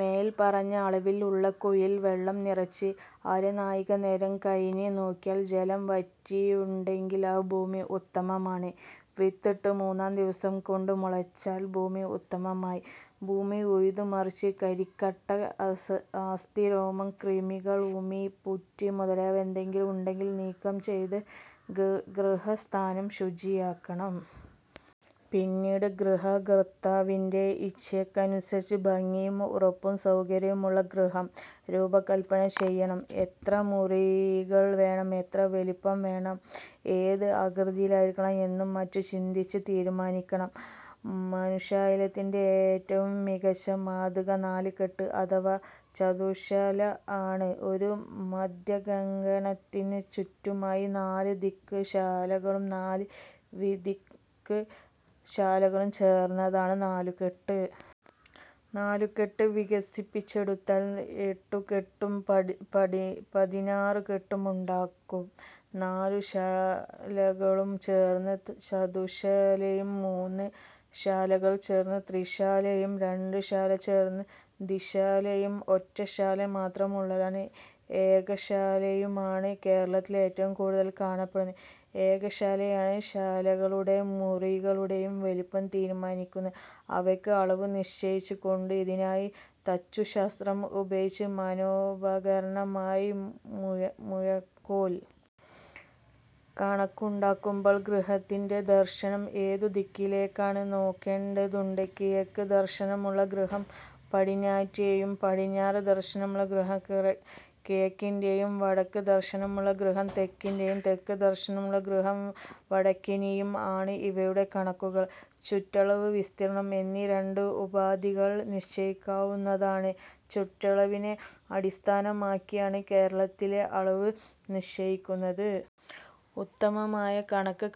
മേല്പറഞ്ഞ അളവിൽ ഉള്ള കുഴിയിൽ വെള്ളം നിറച്ച് അരനാഴിക നേരം കഴിഞ്ഞ് നോക്കിയാൽ ജലം വറ്റാതെയുണ്ടെങ്കിൽ ആ ഭൂമി ഉത്തമമാണ്. വിത്തിട്ട് മൂന്നു ദിവസം കൊണ്ട് മുളച്ചാൽ ഭൂമി ഉത്തമമായി. ഭൂമി ഉഴുതു മറിച്ച് കരിക്കട്ട, അസ്ഥി, രോമം, കൃമികൾ, ഉമി, പുറ്റ് മുതലായവ എന്തെങ്കിലും ഉണ്ടെങ്കിൽ നീക്കം ചെയ്ത് ഗൃഹസ്ഥാനം ശുചിയാക്കണം. പിന്നീട് ഗൃഹകർത്താവിന്റെ ഇച്ഛയ്ക്കനുസരിച്ച് ഭംഗിയും ഉറപ്പും സൗകര്യങ്ങളുമുള്ള ഗൃഹം രൂപകല്പന ചെയ്യണം. എത്ര മുറികൾ വേണം, എത്ര വലിപ്പം വേണം, ഏത് ആകൃതിയിലായിരിക്കണം എന്നും മറ്റും ചിന്തിച്ച് തീരുമാനിക്കണം. മനുഷ്യാലയത്തിന്റെ ഏറ്റവും മികച്ച മാതൃക നാലുകെട്ട് അഥവാ ചതുശ്ശാല ആണ്. ഒരു മധ്യാങ്കണത്തിനു ചുറ്റുമായി നാല് ദിക് ശാലകളും നാല് വിദിക് ശാലകളും ചേർന്നതാണ് നാലുകെട്ട്. നാലുകെട്ട് വികസിപ്പിച്ചെടുത്താൽ എട്ടുകെട്ടും പതിനാറുകെട്ടും ഉണ്ടാക്കാം. നാല് ശാലകൾ ചേർന്നത് ചതുശ്ശാലയും മൂന്ന് ശാലകൾ ചേർന്നത് ത്രിശാലയും രണ്ട് ശാലകൾ ചേർന്നത് ദ്വിശാലയും ഒറ്റശാല മാത്രമുള്ളത് ഏകശാലയുമാണ്. കേരളത്തിൽ ഏറ്റവും കൂടുതൽ കാണപ്പെടുന്നത് ഏകശാലയാണ്. ശാലകളുടേയും മുറികളുടേയും വലിപ്പം തീരുമാനിക്കുന്നത് അവയ്ക്ക് അളവ് നിശ്ചയിച്ചുകൊണ്ടാണ്. ഇതിനായി തച്ചുശാസ്ത്രം ഉപയോഗിക്കുന്ന മനോപകരണമാണ് മുഴക്കോൽ. കണക്കുണ്ടാക്കുമ്പോൾ ഗൃഹത്തിന്റെ ദർശനം ഏതു ദിക്കിലേക്കാണെന്ന് നോക്കേണ്ടതുണ്ട്. കിഴക്ക് ദർശനമുള്ള ഗൃഹം പടിഞ്ഞാറ്റിനിയും പടിഞ്ഞാറ് ദർശനമുള്ള ഗൃഹം കിഴക്കിനിയും വടക്ക് ദർശനമുള്ള ഗൃഹം തെക്കിനിയും തെക്ക് ദർശനമുള്ള ഗൃഹം വടക്കിനിയും ആണ്. ഇവയുടെ കണക്കുകൾ ചുറ്റളവ്, വിസ്തീർണം എന്നീ രണ്ട് ഉപാധികളിൽ നിശ്ചയിക്കാവുന്നതാണ്. ചുറ്റളവിനെ അടിസ്ഥാനമാക്കിയാണ് കേരളത്തിൽ അളവ് നിശ്ചയിക്കുന്നത്. ഉത്തമമായ കണക്ക്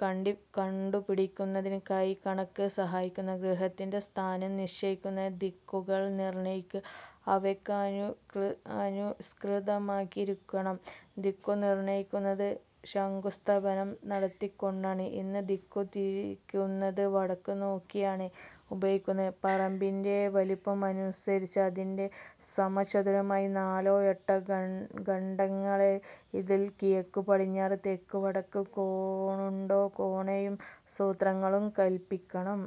കണ്ടുപിടിക്കുന്നതിന് കൈക്കണക്ക് സഹായിക്കുന്നു. ഗൃഹത്തിന്റെ സ്ഥാനം നിശ്ചയിക്കുന്നത് ദിക്കുകൾ നിർണയിച്ച് അവയ്ക്കനുസൃതമാക്കിയായിരിക്കണം. ദിക്കു നിർണയിക്കുന്നത് ശങ്കുസ്ഥാപനം നടത്തിക്കൊണ്ടാണ്. ഇന്ന് ദിക്കു തിരിക്കുന്നതിന് വടക്കുനോക്കി യാണ് ഉപയോഗിക്കുന്നത്. പറമ്പിന്റെ വലിപ്പമനുസരിച്ച് അതിനെ സമചതുരമായ നാലോ എട്ടോ ഖണ്ഡങ്ങളാക്കാം. ഇതിൽ കിഴക്കു പടിഞ്ഞാറായും തെക്കുവടക്കായും കോണോടു കോണായും സൂത്രങ്ങൾ കല്പിക്കണം.